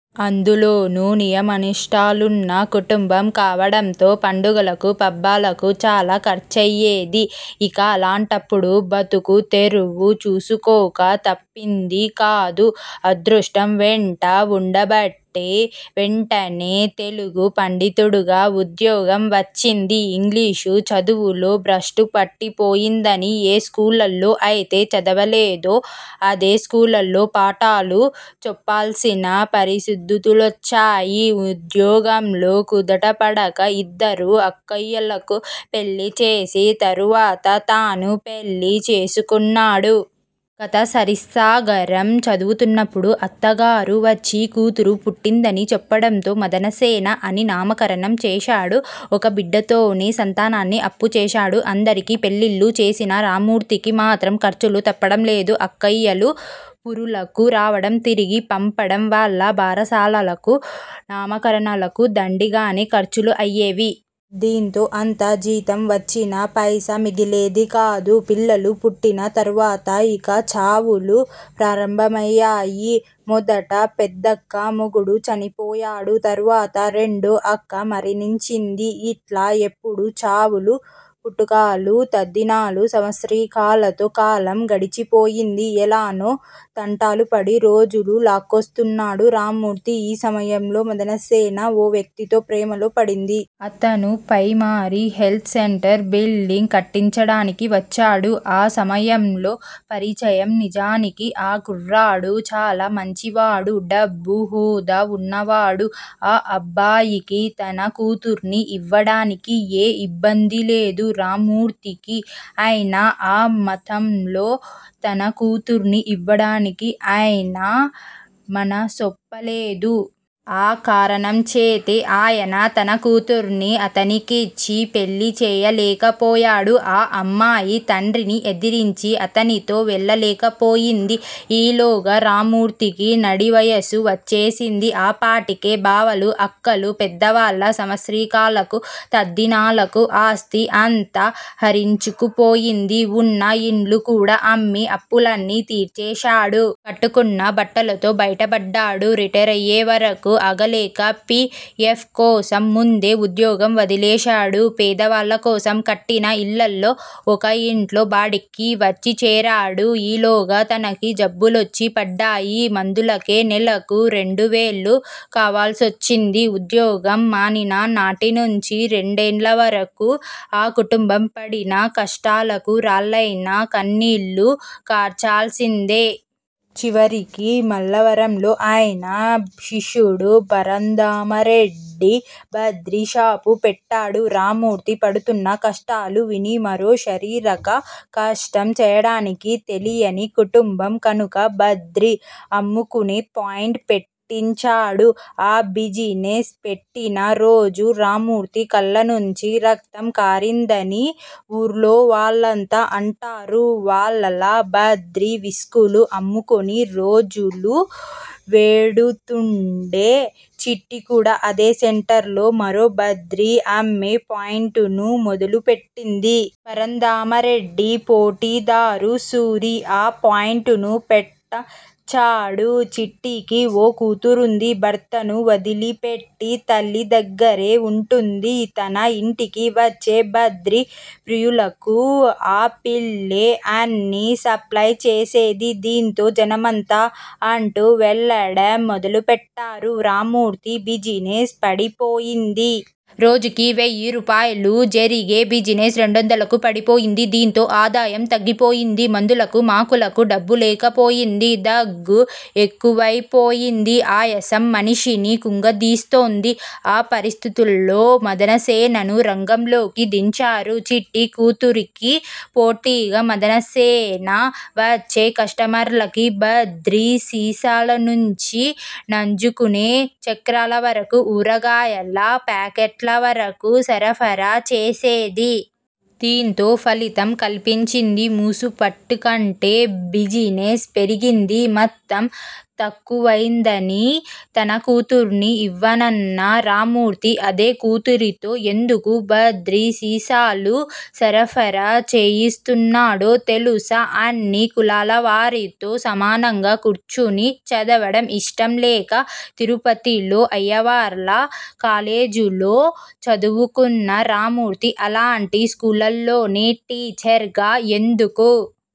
అందులోనూ నియమనిష్టలున్న కుటుంబం కావడంతో పండుగలకూ, పబ్బాలకూ చాలాఖర్చయ్యేది. ఇక అలాంటప్పుడు బతుకుతెరువు చూసుకోక తప్పిందికాదు. అదృష్టం వెంట వుండబట్టి వెంటనే తెలుగు పండితుడిగా ఉద్యోగం వచ్చింది. ఇంగ్లీషు చదువులో భ్రష్టుపట్టిపోయిందని ఏ స్కూళ్ళలో అయితే చదవలేదో ఆదే స్కూళ్ళలో పాఠాలు చెప్పాల్సిన పరిస్ధుతులొచ్చాయి. ఉద్యోగంలో కుదుటపడ్డాక ఇద్దరు అక్కయ్యలకు పెళ్ళిచేసి తరువాత తను పెళ్ళి చేసుకున్నాడు. కథాసరిత్సాగరం చదువుతున్నప్పుడు అత్తగారు వచ్చి కూతురు పుట్టిందని చెప్పడంతో మదనసేన అని నామకరణం చేశాడు. ఒక బిడ్డతోనే సంతానాన్ని అపుచేశాడు. అందరికి పెళ్ళిళ్ళు చేసినా రామ్మూర్తికి మాత్రం ఖర్చులు తప్పడం లేదు. అక్కయ్యలు పురుళ్ళకు రావడం, తిరిగి పంపడం, వాళ్ళ బారసాలలకు, నామకరణాలకు దండిగానే ఖర్చులు అయ్యేవి. దీంతో అంత జీతం వచ్చినా పైసా మిగిలేదికాదు. పిల్లలు పుట్టిన తర్వాత ఇక చావులు ప్రారంభమయ్యాయి. మొదట పెద్దక్క మొగుడు చనిపోయాడు. తరువాత రెండో అక్క మరణించింది. ఇట్లా ఎప్పుడూ చావులు, పుట్టుకలు, తద్దినాలు, సంవత్సరీకాలతో కాలం గడిచిపోయింది. ఎల్లానో తంటాలుపడి రోజులు లాక్కొస్తున్నాడు. రామ్మూర్తి ఈ సమయంలో మదనసేన ఓ వ్యక్తితో ప్రేమలో పడింది. అతను ప్రైమరి హెల్త్ సెంటర్ బిల్డింగ్ కట్టించడానికి వచ్చాడు. ఆ సమయంలో పరిచయం నిజానికి ఆ కుర్రాడు చాలా మంచివాడు. డబ్బూ, హోదా వున్నావాడు. ఆ అబ్బాయికి తన కూతుర్ని ఇవ్వడానికి ఏ ఇబ్బంది లేదు. రామ్మూర్తికి. అయినా ఆ మతంలో తన కూతుర్ని ఇవ్వడానికి ఆయన మనసొప్పలేదు. ఆ కారణంచేతే ఆయన తన కూతుర్ని అతనికిచ్చి పెళ్ళిచేయలేకపోయాడు. ఆ అమ్మాయి తండ్రిని ఎదిరించి అతనితో వెళ్ళలేకపోయింది. ఈలోగా రామ్మూర్తికి నడివయసు వచ్చేసింది. ఆ పాటికే బావలు, అక్కలు, పెద్దవాళ్ళ సంవత్సరీకాలకు, తద్దినాలకు ఆస్తి అంతా హరించుకుపోయింది. ఉన్న ఇల్లు కూడా అమ్మి అప్పులన్నీ తీర్చేశాడు. కట్టుకున్న బట్టలతో బయటపడ్డాడు. రిటైరయ్యేవరకు అగలేక పి. ఎఫ్. కోసం ముందే ఉద్యోగం వదిలేశాడు. పేదవాళ్ళకోసం కట్టిన ఇళ్ళలో ఓక ఇంట్లో బాడుక్కి వచ్చిచేరాడు. ఈలోగా తనకి జబ్బులొచ్చి పడ్డాయి. మందులకే నెలకు రెండువేలు కావాల్సొచ్చింది. ఉద్యోగం మానిననాటినుంచి రెండేళ్ళవరకు ఆ కుటుంబం పడిన కష్టాలకు రాళ్ళయినా కన్నీళ్ళు కార్చాల్సిందే. చివరికి మల్లవరంలో ఆయన శిష్యుడు పంరంధామరెడ్డి బ్రాంది షాపు పెట్టాడు. రామ్మూర్తి పడుతున్న కష్టాలు విని మరో శారీరక కష్టం చేయడానికి తెలియని కుటుంబం కనుక బ్రాంది అమ్ముకునే పాయింట్ పెట్టించాడు. ఆ బిజినెస్ పెట్టినరోజు రామ్మూర్తి కళ్ళనుంచి రక్తం కారిందని వూర్లోవాళ్ళంతా అంటారు. వాళ్ళలా బ్రాందీ, విస్కీలు, అమ్ముకుని రోజులు వెడుతుండే చిట్టి కూడా అదే సెంటర్ లో మరో బ్రాందీ అమ్మే పాయింట్ ను మొదలుపెట్టింది. పరంధామారెడ్డి పోటిదారు సూరీ ఆ పాయింట్ ను పెట్టంచాడు. చిట్టికి ఓ కూతురుంది. భర్తను వదిలిపెట్టి తల్లి దగ్గరే వుంటుంది. తన ఇంటికి వచ్చే బ్రాంది ప్రియులకు ఆ పిల్లే అన్నీ సప్లయ్ చేసేది. దీంతో జనమంతా అటూ వెళ్ళడం మొదలుపెట్టారు. రామ్మూర్తి బిజినెస్ పడిపోయింది. రోజుకి వెయ్యి రూపాయలు జరిగే బిజినెస్ రెండొందలకు పడిపోయింది. దీంతో ఆదాయం తగ్గిపోయింది. మందులకు మాకులకు డబ్బులేకపోయింది. దగ్గు ఎక్కువైపోయింది. ఆయాసం మనిషిని కుంగదీస్తోంది. ఆ పరిస్దితుల్లో మదనసేనను రంగంలోకి దించారు. చిట్టి కూతురికి పోటిగా మదనసేన వచ్చే కస్టమర్లకి బ్రాందీ సీసాలనుంచి నంజుకునే చక్రాల వరకు, ఊరగాయల ప్యాకెట్లవరకు, సరఫరా చేసేది. దీంతో ఫలితం కన్పించింది. ముసుపటికంటే బిజినెస్ పెరిగింది. మతం తక్కువైందని తన కూతుర్ని ఇవ్వనన్న రామ్మూర్తి అదే కూతురితో ఎందుకు బ్రాంది సీసాలు సరఫరా చేయిస్తున్నాడో తెలుసా? అన్ని కులాలవారితో సమానంగా కూర్చుని చదవడం ఇష్టంలేక తిరుపతిలో అయ్యవార్ల కాలేజీలో చదువుకున్న రామ్మూర్తి అలాంటి స్కూళ్లలోనే టీచర్ గా ఎందుకు